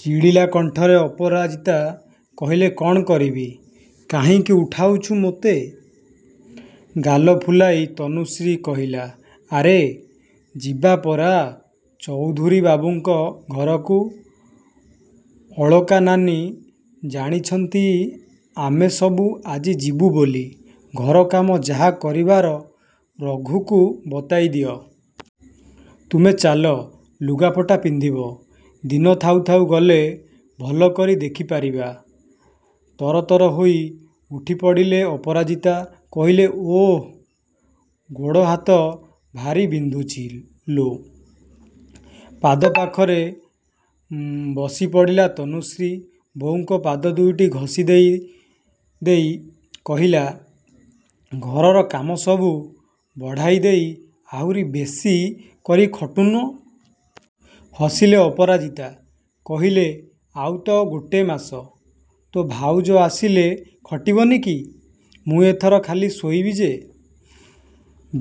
ଚିଡ଼ିଲା କଣ୍ଠରେ ଅପରାଜିତା କହିଲେ କ'ଣ କରିବି? କାହିଁକି ଉଠାଉଛୁ ମୋତେ? ଗାଲ ଫୁଲାଇ ତନୁଶ୍ରୀ କହିଲା "ଆରେ, ଯିବା ପରା ଚୌଧୁରୀବାବୁଙ୍କ ଘରକୁ। ଅଳକା ନାନୀ ଜାଣିଛନ୍ତି ଆମେ ସବୁ ଆଜି ଯିବୁ ବୋଲି। ଘର କାମ ଯାହା କରିବାର ରଘୁକୁ ବତାଇ ଦିଅ। ତୁମେ ଚାଲ, ଲୁଗାପଟା ପିନ୍ଧିବ। ଦିନ ଥାଉ ଥାଉ ଗଲେ ଭଲକରି ଦେଖିପାରିବା। ତରତର ହୋଇ ଉଠିପଡ଼ିଲେ ଅପରାଜିତା। କହିଲେ ଓଃ, ଗୋଡ଼-ହାତ ଭାରି ବିନ୍ଧୁଛି ଲୋ। ପାଦପାଖରେ ବସିପଡ଼ିଲା ତନୁଶ୍ରୀ। ବୋଉଙ୍କ ପାଦ ଦୁଇଟି ଘସି ଦେଇ ଦେଇ କହିଲା ଘରର କାମସବୁ ବଢ଼ାଇ ଦେଇ ଆହୁରି ବେଶି କରି ଖଟୁନୁ । ହସିଲେ ଅପରାଜିତା। କହିଲେ "ଆଉ ତ ଗୋଟେ ମାସ। ତୋ ଭାଉଜ ଆସିଲେ ଖଟିବନି କି? ମୁଁ ଏଥର ଖାଲି ଶୋଇବି ଯେ।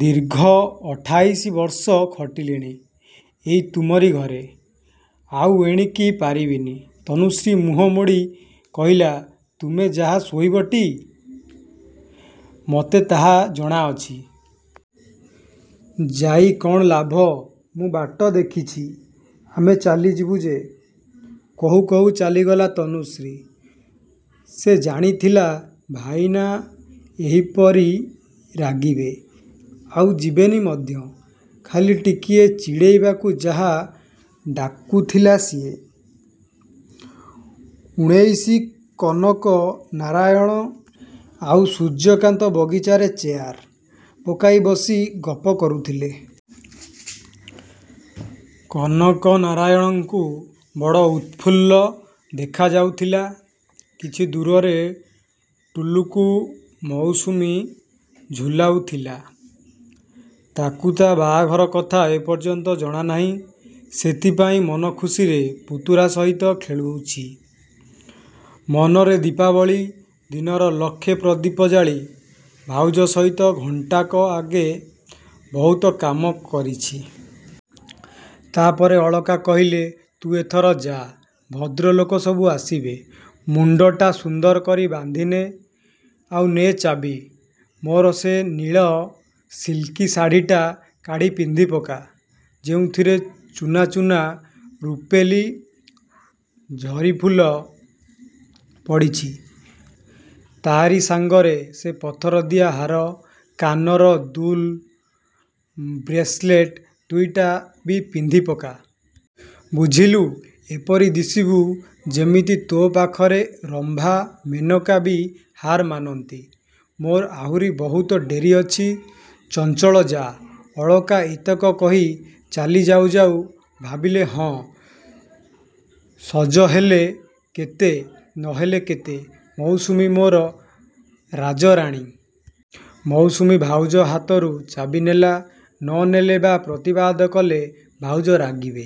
ଦୀର୍ଘ ଅଠାଇଶ ବର୍ଷ ଖଟିଲିଣି ଏଇ ତୁମରି ଘରେ। ଆଉ ଏଣିକି ପାରିବିନି। ତନୁଶ୍ରୀ ମୁହଁ ମୋଡ଼ି କହିଲା ତୁମେ ଯାହା ଶୋଇବଟି, ମୋତେ ତାହା ଜଣାଅଛି। ଯାଇ କ'ଣ ଲାଭ? ମୁଁ ବାଟ ଦେଖିଛି। ଆମେ ଚାଲିଯିବୁ ଯେ। କହୁ କହୁ ଚାଲିଗଲା ତନୁଶ୍ରୀ। ସେ ଜାଣିଥିଲା ଭାଇନା ଏହିପରି ରାଗିବେ, ଆଉ ଯିବେନି ମଧ୍ୟ। ଖାଲି ଟିକିଏ ଚିଡ଼େଇବାକୁ ଯାହା ଡାକୁଥିଲା ସିଏ। ଉଣେଇଶ କନକ ନାରାୟଣ ଆଉ ସୂର୍ଯ୍ୟକାନ୍ତ ବଗିଚାରେ ଚେୟାର ପକାଇ ବସି ଗପ କରୁଥିଲେ। କନକନାରାୟଣଙ୍କୁ ବଡ଼ ଉତଫୁଲ୍ଲ ଦେଖାଯାଉଥିଲା। କିଛି ଦୂରରେ ଟୁଲୁକୁ ମୌସୁମୀ ଝୁଲାଉଥିଲା। ତାକୁ ତା' ବାହାଘର କଥା ଏପର୍ଯ୍ୟନ୍ତ ଜଣାନାହିଁ। ସେଥିପାଇଁ ମନଖୁସିରେ ପୁତୁରା ସହିତ ଖେଳୁଛି, ମନରେ ଦୀପାବଳି ଦିନର ଲକ୍ଷେ ପ୍ରଦୀପ ଜାଳି। ଭାଉଜ ସହିତ ଘଣ୍ଟାକ ଆଗେ ବହୁତ କାମ କରିଛି। ତା'ପରେ ଅଳକା କହିଲେ ତୁ ଏଥର ଯାଆ। ଭଦ୍ରଲୋକ ସବୁ ଆସିବେ। ମୁଣ୍ଡଟା ସୁନ୍ଦର କରି ବାନ୍ଧିନେ। ଆଉ ନେ ଚାବି। ମୋର ସେ ନୀଳ ସିଲ୍କି ଶାଢ଼ିଟା କାଢ଼ି ପିନ୍ଧିପକା, ଯେଉଁଥିରେ ଚୂନା ଚୂନା ରୂପେଲି ଜରିଫୁଲ ପଡ଼ିଛି। ତାରି ସାଙ୍ଗରେ ସେ ପଥରଦିଆ ହାର, କାନର ଦୁଲ୍‌, ବ୍ରେସଲେଟ୍‌ ଦୁଇଟା ବି ପିନ୍ଧିପକା। ବୁଝିଲୁ, ଏପରି ଦିଶିବୁ ଯେମିତି ତୋ ପାଖରେ ରମ୍ଭା, ମେନକା ବି ହାର୍‌ ମାନନ୍ତି। ମୋର ଆହୁରି ବହୁତ ଡେରି ଅଛି, ଚଞ୍ଛଳ ଯା। ଅଳକା ଏତକ କହି ଚାଲି ଯାଉ ଯାଉ ଭାବିଲେ ହଁ, ସଜହେଲେ କେତେ, ନହେଲେ କେତେ! ମୌସୁମୀ ମୋର ରାଜରାଣୀ। ମୌସୁମୀ ଭାଉଜ ହାତରୁ ଚାବି ନେଲା। ନ ନେଲେ ବା ପ୍ରତିବାଦ କଲେ ଭାଉଜ ରାଗିବେ।